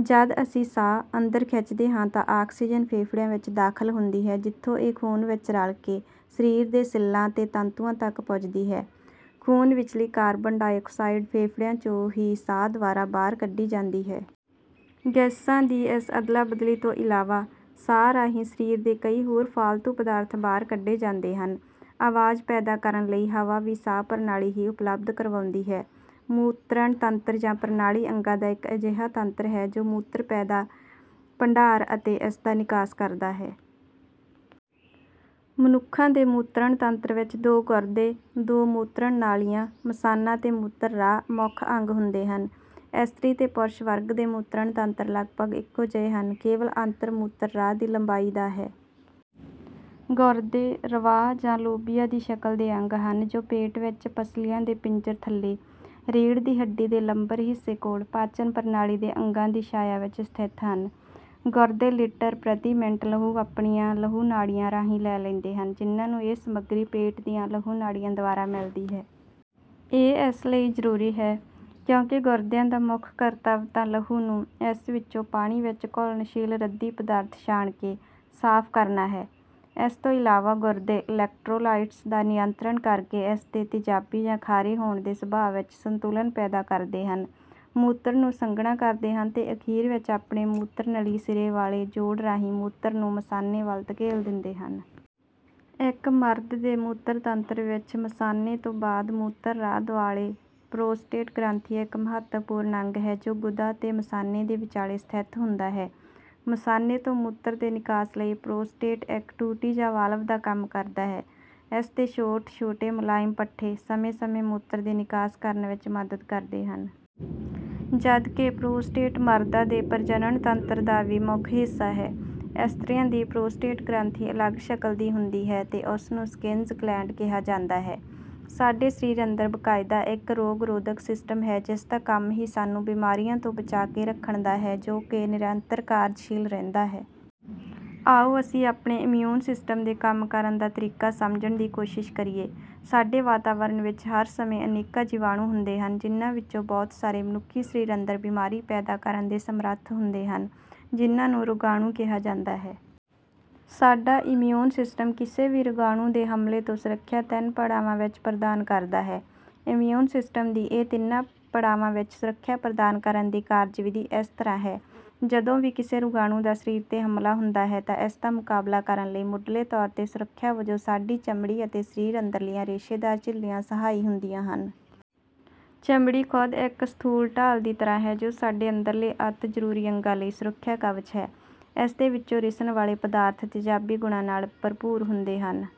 ਜਦ ਅਸੀਂ ਸਾਹ, ਅੰਦਰ ਖਿੱਚਦੇ ਹਾਂ ਤਾਂ ਆਕਸੀਜਨ ਫੇਫੜਿਆਂ ਵਿੱਚ ਦਾਖ਼ਲ ਹੁੰਦੀ ਹੈ ਜਿੱਥੋਂ ਇਹ ਖ਼ੂਨ ਵਿੱਚ ਰਲ ਕੇ ਸਰੀਰ ਦੇ ਸੈੱਲਾਂ ਤੇ ਤੰਤੂਆਂ ਤੱਕ ਪੁੱਜਦੀ ਹੈ। ਖ਼ੂਨ ਵਿਚਲੀ ਕਾਰਬਨ ਡਾਇਆਕਸਾਈਡ ਫੇਫੜਿਆਂ 'ਚੋਂ ਹੀ ਸਾਹ ਦੁਆਰਾ ਬਾਹਰ ਕੱਢੀ ਜਾਂਦੀ ਹੈ। ਗੈਸਾਂ ਦੀ ਇਸ ਅਦਲਾ-ਬਦਲੀ ਤੋਂ ਇਲਾਵਾ, ਸਾਹ ਰਾਹੀਂ ਸਰੀਰ ਦੇ ਕਈ ਹੋਰ ਫਾਲਤੂ ਪਦਾਰਥ ਬਾਹਰ ਕੱਢੇ ਜਾਂਦੇ ਹਨ। ਆਵਾਜ਼ ਪੈਦਾ ਕਰਨ ਲਈ ਹਵਾ ਵੀ ਸਾਹ ਪ੍ਰਣਾਲੀ ਹੀ ਉਪਲਬਧ ਕਰਵਾਉਂਦੀ ਹੈ। ਮੂਤਰਣ ਤੰਤਰ ਜਾਂ ਪ੍ਰਣਾਲੀ ਅੰਗਾਂ ਦਾ ਇੱਕ ਅਜਿਹਾ ਤੰਤਰ ਹੈ ਜੋ ਮੂਤਰ ਪੈਦਾ, ਭੰਡਾਰ ਅਤੇ ਇਸ ਦਾ ਨਿਕਾਸ ਕਰਦਾ ਹੈ। ਮਨੁੱਖਾਂ ਦੇ ਮੂਤਰਣ ਤੰਤਰ ਵਿੱਚ ਦੋ ਗੁਰਦੇ, ਦੋ ਮੂਤਰਣ ਨਾਲੀਆਂ, ਮਸਾਨਾ ਤੇ ਮੂਤਰ ਰਾਹ, ਮੁੱਖ ਅੰਗ ਹੁੰਦੇ ਹਨ। ਇਸਤਰੀ ਤੇ ਪੁਰਸ਼ ਵਰਗ ਦੇ ਮੂਤਰਣ ਤੰਤਰ ਲਗਭਗ ਇਕੋ ਜਿਹੇ ਹਨ, ਕੇਵਲ ਅੰਤਰ ਮੂਤਰ ਰਾਹ ਦੀ ਲੰਬਾਈ ਦਾ ਹੈ। ਗੁਰਦੇ ,ਰਵਾਂਹ ਜਾਂ ਲੋਬੀਆ ਦੀ ਸ਼ਕਲ ਦੇ ਅੰਗ ਹਨ ਜੋ ਪੇਟ ਵਿੱਚ ਪਸਲੀਆਂ ਦੇ ਪਿੰਜਰ ਥੱਲੇ, ਰੀੜ ਦੀ ਹੱਡੀ ਦੇ ਲੰਬਰ ਹਿੱਸੇ ਕੋਲ, ਪਾਚਣ ਪ੍ਰਣਾਲੀ ਦੇ ਅੰਗਾਂ ਦੀ ਛਾਇਆ ਵਿੱਚ ਸਥਿਤ ਹਨ। ਗੁਰਦੇ ਲਿਟਰ ਪ੍ਰਤੀ ਮਿੰਟ ਲਹੂ ਆਪਣੀਆਂ ਲਹੂ ਨਾੜੀਆਂ ਰਾਹੀਂ ਲੈ ਲੈਂਦੇ ਹਨ ਜਿਨ੍ਹਾਂ ਨੂੰ ਇਹ ਸਮੱਗਰੀ ਪੇਟ ਦੀਆਂ ਲਹੂ ਨਾੜੀਆਂ ਦਵਾਰਾ ਮਿਲਦੀ ਹੈ। ਇਹ ਇਸ ਲਈ ਜ਼ਰੂਰੀ ਹੈ, ਕਿਉਂਕਿ ਗੁਰਦਿਆਂ ਦਾ ਮੁੱਖ ਕਰਤਵ ਤਾਂ ਲਹੂ ਨੂੰ ,ਇਸ ਵਿਚੌਂ ਪਾਣੀ ਵਿੱਚ ਘੁਲਣਸ਼ੀਲ ਰੱਦੀ ਪਦਾਰਥ ਛਾਣ ਕੇ, ਸਾਫ਼ ਕਰਨਾ ਹੈ। ਇਸ ਤੌਂ ਇਲਾਵਾ ਗੁਰਦੇ ਈਲੈਕਟਰੋਲਾਈਟਸ ਦਾ ਨਿਯੰਤਰਣ ਕਰ ਕੇ ਇਸ ਦੇ ਤਿਜਾਬੀ ਜਾਂ ਖਾਰੇ ਹੋਣ ਦੇ ਸੁਭਾਅ ਵਿੱਚ ਸੰਤੁਲਨ ਪੈਦਾ ਕਰਦੇ ਹਨ, ਮੂਤਰ ਨੂੰ ਸੰਘਣਾ ਕਰਦੇ ਹਨ ਤੇ ਅਖੀਰ ਵਿੱਚ ਆਪਣੇ ਮੂਤਰਨਲੀ ਸਿਰੇ ਵਾਲੇ ਜੋੜ ਰਾਹੀਂ ਮੂਤਰ ਨੂੰ ਮਸਾਨੇ ਵਲ ਧਕੇਲ ਦਿੰਦੇ ਹਨ। ਇਕ ਮਰਦ ਦੇ ਮੂਤਰ ਤੰਤਰ ਵਿੱਚ ਮਸਾਨੇ ਤੌੰ ਬਾਦ ਮੂਤਰ ਰਾਹ ਦੁਆਲੇ ਪਰੋਸਟੇਟ ਗ੍ਰੰਥੀ ਇੱਕ ਮਹੱਤਵ ਪੂਰਨ ਅੰਗ ਹੈ ਜੋ ਗੁਦਾ ਤੇ ਮਸਾਨੇ ਦੇ ਵਿਚਾਲੇ ਸਥਿਤ ਹੁੰਦਾ ਹੈ। ਮਸਾਨੇ ਤੋਂ ਮੂਤਰ ਦੇ ਨਿਕਾਸ ਲਈ ਪਰੋਸਟੇਟ ਇੱਕ ਟੂਟੀ ਜਾਂ ਵਾਲਵ ਦਾ ਕੰਮ ਕਰਦਾ ਹੈ, ਇਸ ਦੇ ਛੋਟ ਛੋਟੇ ਮੁਲਾਇਮ ਪੱਠੇ ,ਸਮੇਂ ਸਮੇਂ ਮੂਤਰ ਦੇ ਨਿਕਾਸ ਕਰਨ ਵਿੱਚ ਮਦਦ ਕਰਦੇ ਹਨ। ਜਦ ਕਿ ਪਰੋਸਟੇਟ ਮਰਦਾਂ ਦੇ ਪ੍ਰਜਨਣ ਤੰਤਰ ਦਾ ਵੀ ਮੁਖ ਹਿੱਸਾ ਹੈ। ਇਸਤ੍ਰੀਆਂ ਦੀ ਪਰੋਸਟੇਟ ਗ੍ਰੰਥੀ ਅਲੱਗ ਸ਼ਕਲ ਦੀ ਹੁੰਦੀ ਹੈ ਤੇ ਉਸ ਨੂੰ ਸਕਿਨਜ਼ ਗਲੈਂਡ ਕਿਹਾ ਜਾਂਦਾ ਹੈ। ਸਾਡੇ ਸਰੀਰ ਅੰਦਰ ਬਕਾਇਦਾ ਇੱਕ ਰੋਗ-ਰੋਧਕ ਸਿਸਟਮ ਹੈ ਜਿਸਦਾ ਕੰਮ ਹੀ ਸਾਨੂੰ ਬੀਮਾਰੀਆਂ ਤੋਂ ਬਚਾ ਕੇ ਰੱਖਣ ਦਾ ਹੈ ਜੋ ਕਿ ਨਿਰੰਤਰ ਕਾਰਜਸ਼ੀਲ ਰਹਿੰਦਾ ਹੈ। ਆਓ ਅਸੀਂ ਆਪਣੇ ਇਮਿਊਨ ਸਿਸਟਮ ਦੇ ਕੰਮ ਕਰਨ ਦਾ ਤਰੀਕਾ ਸਮਝਣ ਦੀ ਕੋਸ਼ਿਸ ਕਰੀਏ। ਸਾਡੇ ਵਾਤਾਵਰਣ ਵਿੱਚ ਹਰ ਸਮੇਂ ਅਨੇਕਾਂ ਜੀਵਾਣੂ ਹੁੰਦੇ ਹਨ, ਜਿਨ੍ਹਾਂ ਵਿੱਚੋਂ ਬਹੁਤ ਸਾਰੇ ਮਨੁੱਖੀ ਸਰੀਰ ਅੰਦਰ ਬਿਮਾਰੀ ਪੈਦਾ ਕਰਨ ਦੇ ਸਮਰੱਥ ਹੁੰਦੇ ਹਨ, ਜਿਨ੍ਹਾਂ ਨੂੰ ਰੋਗਾਣੂ ਕਿਹਾ ਜਾਂਦਾ ਹੈ। ਸਾਡਾ ਇਮਿਊਨ ਸਿਸਟਮ ਕਿਸੇ ਵੀ ਰੋਗਾਣੂ ਦੇ ਹਮਲੇ ਤੋਂ ਸੁਰੱਖਿਆ ਤਿੰਨ ਪੜਾਵਾਂ ਵਿੱਚ ਪ੍ਰਦਾਨ ਕਰਦਾ ਹੈ। ਇਮਿਊਨ ਸਿਸਟਮ ਦੀ ਇਨ੍ਹਾਂ ਤਿੰਨਾਂ ਪੜਾਵਾਂ ਵਿੱਚ ਸੁਰੱਖਿਆ ਪ੍ਰਦਾਨ ਕਰਨ ਦੀ ਕਾਰਜ-ਵਿਧੀ ਇਸ ਤਰ੍ਹਾਂ ਹੈ। ਜਦੋਂ ਵੀ ਕਿਸੇ ਰੋਗਾਣੂ ਦਾ ਸਰੀਰ 'ਤੇ ਹਮਲਾ ਹੁੰਦਾ ਹੈ ਤਾਂ ਇਸਦਾ ਮੁਕਾਬਲਾ ਕਰਨ ਲਈ ਮੁਢਲੇ ਤੌਰ 'ਤੇ ਸੁਰੱਖਿਆ ਵਜੋਂ ਸਾਡੀ ਚਮੜੀ ਅਤੇ ਸਰੀਰ ਅੰਦਰਲੀਆਂ ਰੇਸ਼ੇਦਾਰ ਝਿੱਲੀਆਂ ਸਹਾਈ ਹੁੰਦੀਆਂ ਹਨ। ਚਮੜੀ ਖੁਦ ਇੱਕ ਸਥੂਲ ਢਾਲ ਦੀ ਤਰ੍ਹਾਂ ਹੈ ਜੋ ਸਾਡੇ ਅੰਦਰਲੇ ਅਤਿ ਜ਼ਰੂਰੀ ਅੰਗਾਂ ਲਈ ਸੁਰੱਖਿਆ ਕਵਚ ਹੈ। ਇਸਦੇ ਵਿੱਚੋਂ ਰਿਸਣ ਵਾਲੇ ਪਦਾਰਥ ਤੇਜ਼ਾਬੀ ਗੁਣਾਂ ਨਾਲ ਭਰਪੂਰ ਹੁੰਦੇ ਹਨ।